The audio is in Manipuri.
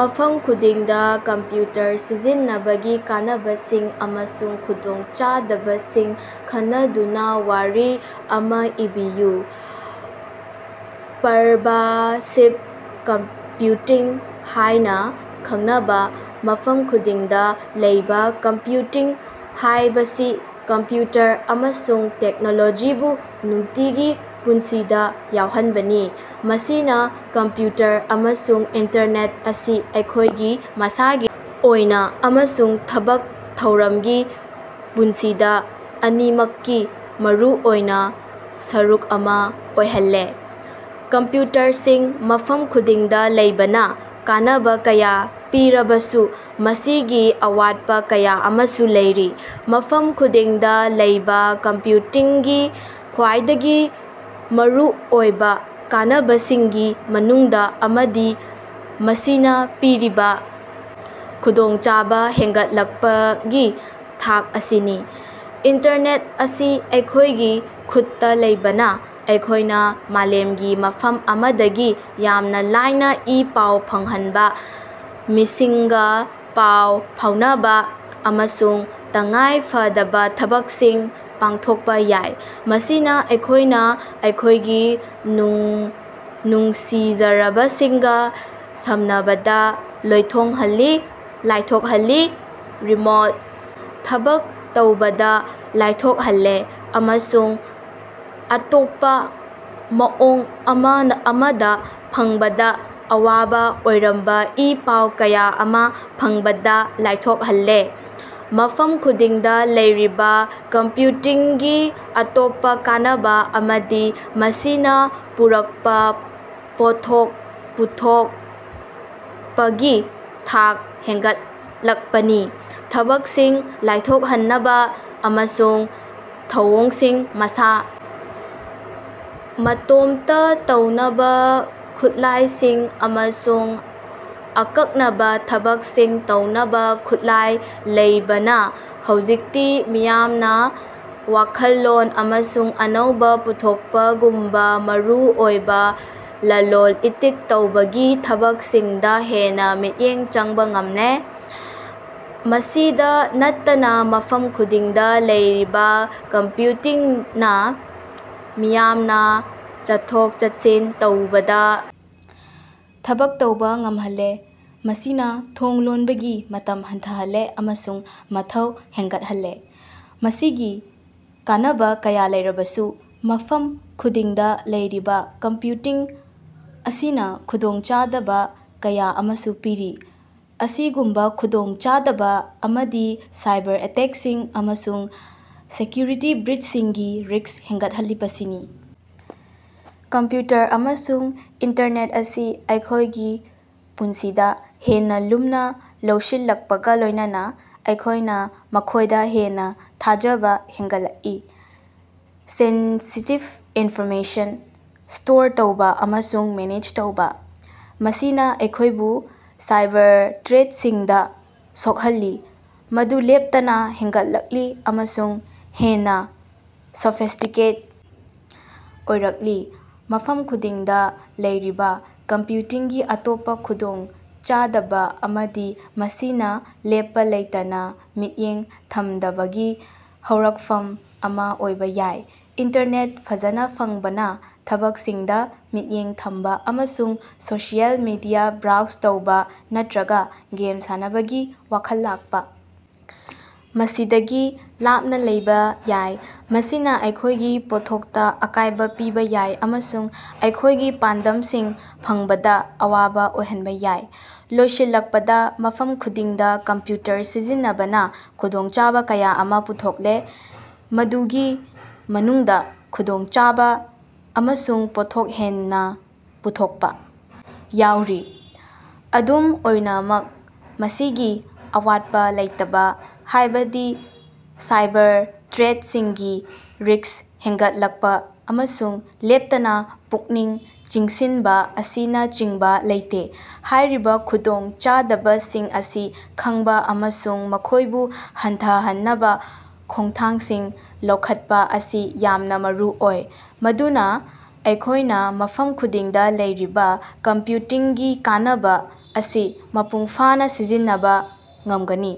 ꯃꯐꯝ ꯈꯨꯗꯤꯡꯗ ꯀꯝꯄ꯭ꯌꯨꯇꯔ ꯁꯤꯖꯤꯟꯅꯕꯒꯤ ꯀꯥꯟꯅꯕꯁꯤꯡ ꯑꯃꯁꯨꯡ ꯈꯨꯗꯣꯡꯆꯥꯗꯕꯁꯤꯡ ꯈꯟꯅꯗꯨꯅ ꯋꯥꯔꯤ ꯑꯃ ꯏꯕꯤꯌꯨ꯫ ꯄꯔꯚꯥꯁꯤꯚ ꯀꯝꯄ꯭ꯌꯨꯇꯤꯡ ꯍꯥꯏꯅ ꯈꯪꯅꯕ ꯃꯐꯝ ꯈꯨꯗꯤꯡꯗ ꯂꯩꯕ ꯀꯝꯄ꯭ꯌꯨꯇꯤꯡ ꯍꯥꯏꯕꯁꯤ ꯀꯝꯄ꯭ꯌꯨꯇꯔ ꯑꯃꯁꯨꯡ ꯇꯦꯛꯅꯣꯂꯣꯖꯤꯕꯨ ꯅꯨꯡꯇꯤꯒꯤ ꯄꯨꯟꯁꯤꯗ ꯌꯥꯎꯍꯟꯕꯅꯤ꯫ ꯃꯁꯤꯅ ꯀꯝꯄ꯭ꯌꯨꯇꯔ ꯑꯃꯁꯨꯡ ꯏꯟꯇꯔꯅꯦꯠ ꯑꯁꯤ ꯑꯩꯈꯣꯏꯒꯤ ꯃꯁꯥꯒꯤ ꯑꯣꯏꯕ ꯑꯃꯁꯨꯡ ꯊꯕꯛ ꯊꯧꯔꯝꯒꯤ ꯄꯨꯟꯁꯤꯗꯁꯨ ꯑꯅꯤꯃꯛꯀꯤ ꯃꯔꯨꯑꯣꯏꯕ ꯁꯔꯨꯛ ꯑꯃ ꯑꯣꯏꯍꯜꯂꯦ꯫ ꯀꯝꯄ꯭ꯌꯨꯇꯔꯁꯤꯡ ꯃꯐꯝ ꯈꯨꯗꯤꯡꯗ ꯂꯩꯕꯅ ꯀꯥꯟꯅꯕ ꯀꯌꯥ ꯄꯤꯔꯕꯁꯨ ꯃꯁꯤꯒꯤ ꯑꯋꯥꯠꯄ ꯀꯌꯥ ꯑꯃꯁꯨ ꯂꯩꯔꯤ꯫ ꯃꯐꯝ ꯈꯨꯗꯤꯡꯗ ꯂꯩꯕ ꯀꯝꯄ꯭ꯌꯨꯇꯤꯡꯒꯤ ꯈ꯭ꯋꯥꯏꯗꯒꯤ ꯃꯔꯨꯑꯣꯏꯕ ꯀꯥꯟꯅꯕꯁꯤꯡꯒꯤ ꯃꯅꯨꯡꯗ ꯑꯃꯗꯤ ꯃꯁꯤꯅ ꯄꯤꯔꯤꯕ ꯈꯨꯗꯣꯡꯆꯥꯕ ꯍꯦꯟꯒꯠꯂꯛꯄꯒꯤ ꯊꯥꯛ ꯑꯁꯤꯅꯤ꯫ ꯏꯟꯇꯔꯅꯦꯠ ꯑꯁꯤ ꯑꯩꯈꯣꯏꯒꯤ ꯈꯨꯠꯇ ꯂꯩꯕꯅ ꯑꯩꯈꯣꯏꯅ ꯃꯥꯂꯦꯝꯒꯤ ꯃꯐꯝ ꯑꯃꯗꯒꯤ ꯌꯥꯝꯅ ꯂꯥꯏꯅ ꯏ-ꯄꯥꯎ ꯐꯪꯍꯟꯕ, ꯃꯤꯁꯤꯡꯒ ꯄꯥꯎ ꯐꯥꯎꯅꯕ ꯑꯃꯁꯨꯡ ꯇꯉꯥꯏ ꯐꯗꯕ ꯊꯕꯛꯁꯤꯡ ꯄꯥꯡꯊꯣꯛꯄ ꯌꯥꯏ꯫ ꯃꯁꯤꯅ ꯑꯩꯈꯣꯏꯅ ꯑꯩꯈꯣꯏꯒꯤ ꯅꯨꯡꯁꯤꯖꯔꯕꯁꯤꯡꯒ ꯁꯝꯅꯕꯗ ꯂꯥꯏꯊꯣꯛꯍꯜꯂꯦ, ꯔꯤꯃꯣꯠ ꯊꯕꯛ ꯇꯧꯕꯗ ꯂꯥꯏꯊꯣꯛꯍꯜꯂꯦ ꯑꯃꯁꯨꯡ ꯑꯇꯣꯞꯄ ꯃꯑꯣꯡ ꯑꯃꯗ ꯐꯪꯕꯗ ꯑꯋꯥꯕ ꯑꯣꯏꯔꯝꯕ ꯏ-ꯄꯥꯎ ꯀꯌꯥ ꯑꯃ ꯐꯪꯕꯗ ꯂꯥꯏꯊꯣꯛꯍꯜꯂꯦ꯫ ꯃꯐꯝ ꯈꯨꯗꯤꯡꯗ ꯂꯩꯔꯤꯕ ꯀꯝꯄ꯭ꯌꯨꯇꯤꯡꯒꯤ ꯑꯇꯣꯞꯄ ꯀꯥꯟꯅꯕ ꯑꯃꯗꯤ ꯃꯁꯤꯅ ꯄꯨꯔꯛꯄ ꯄꯣꯠꯊꯣꯛ ꯄꯨꯊꯣꯛꯄꯒꯤ ꯊꯥꯛ ꯍꯦꯟꯒꯠꯂꯛꯄꯅꯤ꯫ ꯊꯕꯛꯁꯤꯡ ꯂꯥꯏꯊꯣꯛꯍꯟꯅꯕ ꯑꯃꯁꯨꯡ ꯊꯧꯑꯣꯡꯁꯤꯡ ꯃꯁꯥ ꯃꯇꯣꯝꯇ ꯇꯧꯅꯕ ꯈꯨꯠꯂꯥꯏꯁꯤꯡ ꯑꯃꯁꯨꯡ ꯑꯀꯛꯅꯕ ꯊꯕꯛꯁꯤꯡ ꯇꯧꯅꯕ ꯈꯨꯠꯂꯥꯏ ꯂꯩꯕꯅ ꯍꯧꯖꯤꯛꯇꯤ ꯃꯤꯌꯥꯝꯅ ꯋꯥꯈꯜꯂꯣꯟ ꯑꯃꯁꯨꯡ ꯑꯅꯧꯕ ꯄꯨꯊꯣꯛꯄꯒꯨꯝꯕ ꯃꯔꯨꯑꯣꯏꯕ ꯂꯂꯣꯜ ꯏꯇꯤꯛ ꯇꯧꯕꯒꯤ ꯊꯕꯛꯁꯤꯡꯗ ꯍꯦꯟꯅ ꯃꯤꯠꯌꯦꯡ ꯆꯪꯕ ꯉꯝꯂꯦ꯫ ꯃꯁꯤꯗ ꯅꯠꯇꯅ ꯃꯐꯝ ꯈꯨꯗꯤꯡꯗ ꯂꯩꯔꯤꯕ ꯀꯝꯄ꯭ꯌꯨꯇꯤꯡꯅ ꯃꯤꯌꯥꯝꯅ ꯆꯠꯊꯣꯛ-ꯆꯠꯁꯤꯟ ꯇꯧꯕꯗ ꯊꯕꯛ ꯇꯧꯕ ꯉꯝꯍꯜꯂꯦ, ꯃꯁꯤꯅ ꯊꯣꯡ ꯂꯣꯟꯕꯒꯤ ꯃꯇꯝ ꯍꯟꯊꯍꯜꯂꯦ ꯑꯃꯁꯨꯡ ꯃꯊꯧ ꯍꯦꯟꯒꯠꯍꯜꯂꯦ꯫ ꯃꯁꯤꯒꯤ ꯀꯥꯟꯅꯕ ꯀꯌꯥ ꯂꯩꯔꯕꯁꯨ, ꯃꯐꯝ ꯈꯨꯗꯤꯡꯗ ꯂꯩꯔꯤꯕ ꯀꯝꯄ꯭ꯌꯨꯇꯤꯡ ꯑꯁꯤꯅ ꯈꯨꯗꯣꯡꯆꯥꯗꯕ ꯀꯌꯥ ꯑꯃꯁꯨ ꯄꯤꯔꯤ꯫ ꯑꯁꯤꯒꯨꯝꯕ ꯈꯨꯗꯣꯡꯆꯥꯗꯕ ꯑꯃꯗꯤ ꯁꯥꯏꯕꯔ-ꯑꯦꯇꯦꯛꯁꯤꯡ ꯑꯃꯁꯨꯡ ꯁꯦꯀ꯭ꯌꯨꯔꯤꯇꯤ ꯕ꯭ꯔꯤꯆꯁꯤꯡꯒꯤ ꯔꯤꯛꯁ ꯍꯦꯟꯒꯠꯂꯛꯄꯁꯤꯅꯤ꯫ ꯀꯝꯄ꯭ꯌꯨꯇꯔ ꯑꯃꯁꯨꯡ ꯏꯟꯇꯔꯅꯦꯠ ꯑꯁꯤ ꯑꯩꯈꯣꯏꯒꯤ ꯄꯨꯟꯁꯤꯗ ꯍꯦꯟꯅ ꯂꯨꯝꯅ ꯂꯧꯁꯤꯜꯂꯛꯄꯒ ꯂꯣꯏꯅꯅ, ꯑꯩꯈꯣꯏꯅ ꯃꯈꯣꯏꯗ ꯍꯦꯟꯅ ꯊꯥꯖꯕ ꯍꯦꯟꯒꯠꯂꯛꯏ, ꯁꯦꯟꯁꯤꯇꯤꯚ ꯏꯟꯐꯣꯔꯃꯦꯁꯟ ꯁ꯭ꯇꯣꯔ ꯇꯧꯕ ꯑꯃꯁꯨꯡ ꯃꯦꯅꯦꯖ ꯇꯧꯕ꯫ ꯃꯁꯤꯅ ꯑꯩꯈꯣꯏꯕꯨ ꯁꯥꯏꯕꯔ ꯊ꯭ꯔꯦꯠꯁꯤꯡꯗ ꯁꯣꯛꯍꯜꯂꯤ, ꯃꯗꯨ ꯂꯦꯞꯇꯅ ꯍꯦꯟꯒꯠꯂꯛꯂꯤ ꯑꯃꯁꯨꯡ ꯍꯦꯟꯅ ꯁꯣꯐꯤꯁꯇꯤꯀꯦꯠ ꯑꯣꯏꯔꯛꯂꯤ꯫ ꯃꯐꯝ ꯈꯨꯗꯤꯡꯗ ꯂꯩꯔꯤꯕ ꯀꯝꯄ꯭ꯌꯨꯇꯤꯡꯒꯤ ꯑꯇꯣꯞꯄ ꯈꯨꯗꯣꯡꯆꯥꯗꯕ ꯑꯃꯗꯤ ꯃꯁꯤꯅ ꯂꯦꯞꯄ ꯂꯩꯇꯅ ꯃꯤꯠꯌꯦꯡ ꯊꯝꯗꯕꯒꯤ ꯍꯧꯔꯛꯐꯝ ꯑꯃ ꯑꯣꯏꯕ ꯌꯥꯏ꯫ ꯏꯟꯇꯔꯅꯦꯠ ꯐꯖꯅ ꯐꯪꯕꯅ ꯊꯕꯛꯁꯤꯡꯗ ꯃꯤꯠꯌꯦꯡ ꯊꯝꯕ ꯑꯃꯁꯨꯡ ꯁꯣꯁꯤꯌꯦꯜ ꯃꯤꯗꯤꯌꯥ ꯕ꯭ꯔꯥꯎꯖ ꯇꯧꯕ ꯅꯠꯇ꯭ꯔꯒ ꯒꯦꯝ ꯁꯥꯟꯅꯕꯒꯤ ꯋꯥꯈꯜ ꯂꯥꯛꯄ ꯑꯁꯤꯗꯒꯤ ꯂꯥꯞꯅ ꯂꯩꯕ ꯌꯥꯏ꯫ ꯃꯁꯤꯅ ꯑꯩꯈꯣꯏꯒꯤ ꯄꯣꯠꯊꯣꯛꯇ ꯑꯀꯥꯏꯕ ꯄꯤꯕ ꯌꯥꯏ, ꯑꯃꯁꯨꯡ ꯑꯩꯈꯣꯏꯒꯤ ꯄꯥꯟꯗꯝꯁꯤꯡ ꯐꯪꯕꯗ ꯑꯋꯥꯕ ꯑꯣꯏꯍꯟꯕ ꯌꯥꯏ꯫ ꯂꯣꯏꯁꯤꯜꯂꯛꯄꯗ, ꯃꯐꯝ ꯈꯨꯗꯤꯡꯗ ꯀꯝꯄ꯭ꯌꯨꯇꯔ ꯁꯤꯖꯤꯟꯅꯕꯅ ꯈꯨꯗꯣꯡꯆꯥꯕ ꯀꯌꯥ ꯑꯃ ꯄꯨꯔꯛꯂꯦ, ꯃꯗꯨꯒꯤ ꯃꯅꯨꯡꯗ ꯈꯨꯗꯣꯡꯆꯥꯕ ꯑꯃꯁꯨꯡ ꯄꯣꯠꯊꯣꯛ ꯍꯦꯟꯅ ꯄꯨꯊꯣꯛꯄ ꯌꯥꯎꯔꯤ꯫ ꯑꯗꯨꯝ ꯑꯣꯏꯅꯃꯛ, ꯃꯁꯤꯒꯤ ꯑꯋꯥꯠꯄ ꯂꯩꯇꯕ, ꯍꯥꯏꯕꯗꯤ ꯁꯥꯏꯕꯔ ꯊ꯭ꯔꯦꯠꯁꯤꯡꯒꯤ ꯔꯤꯛꯁ ꯍꯦꯟꯒꯠꯂꯛꯄ ꯑꯃꯁꯨꯡ ꯂꯦꯞꯇꯅ ꯄꯨꯛꯅꯤꯡ ꯆꯤꯡꯁꯤꯟꯕ ꯑꯁꯤꯅꯆꯤꯡꯕ ꯂꯩꯇꯦ꯫ ꯍꯥꯏꯔꯤꯕ ꯈꯨꯗꯣꯡꯆꯥꯗꯕꯁꯤꯡ ꯑꯁꯤ ꯈꯪꯕ ꯑꯃꯁꯨꯡ ꯃꯈꯣꯏꯕꯨ ꯍꯟꯊꯍꯟꯅꯕ ꯈꯣꯡꯊꯥꯡꯁꯤꯡ ꯂꯧꯈꯠꯄ ꯑꯁꯤ ꯌꯥꯝꯅ ꯃꯔꯨꯑꯣꯏ, ꯃꯗꯨꯅ ꯑꯩꯈꯣꯏꯅ ꯃꯐꯝ ꯈꯨꯗꯤꯡꯗ ꯂꯩꯔꯤꯕ ꯀꯝꯄ꯭ꯌꯨꯇꯤꯡꯒꯤ ꯀꯥꯟꯅꯕ ꯑꯁꯤ ꯃꯄꯨꯡ ꯐꯥꯅ ꯁꯤꯖꯤꯟꯅꯕ ꯉꯝꯒꯅꯤ꯫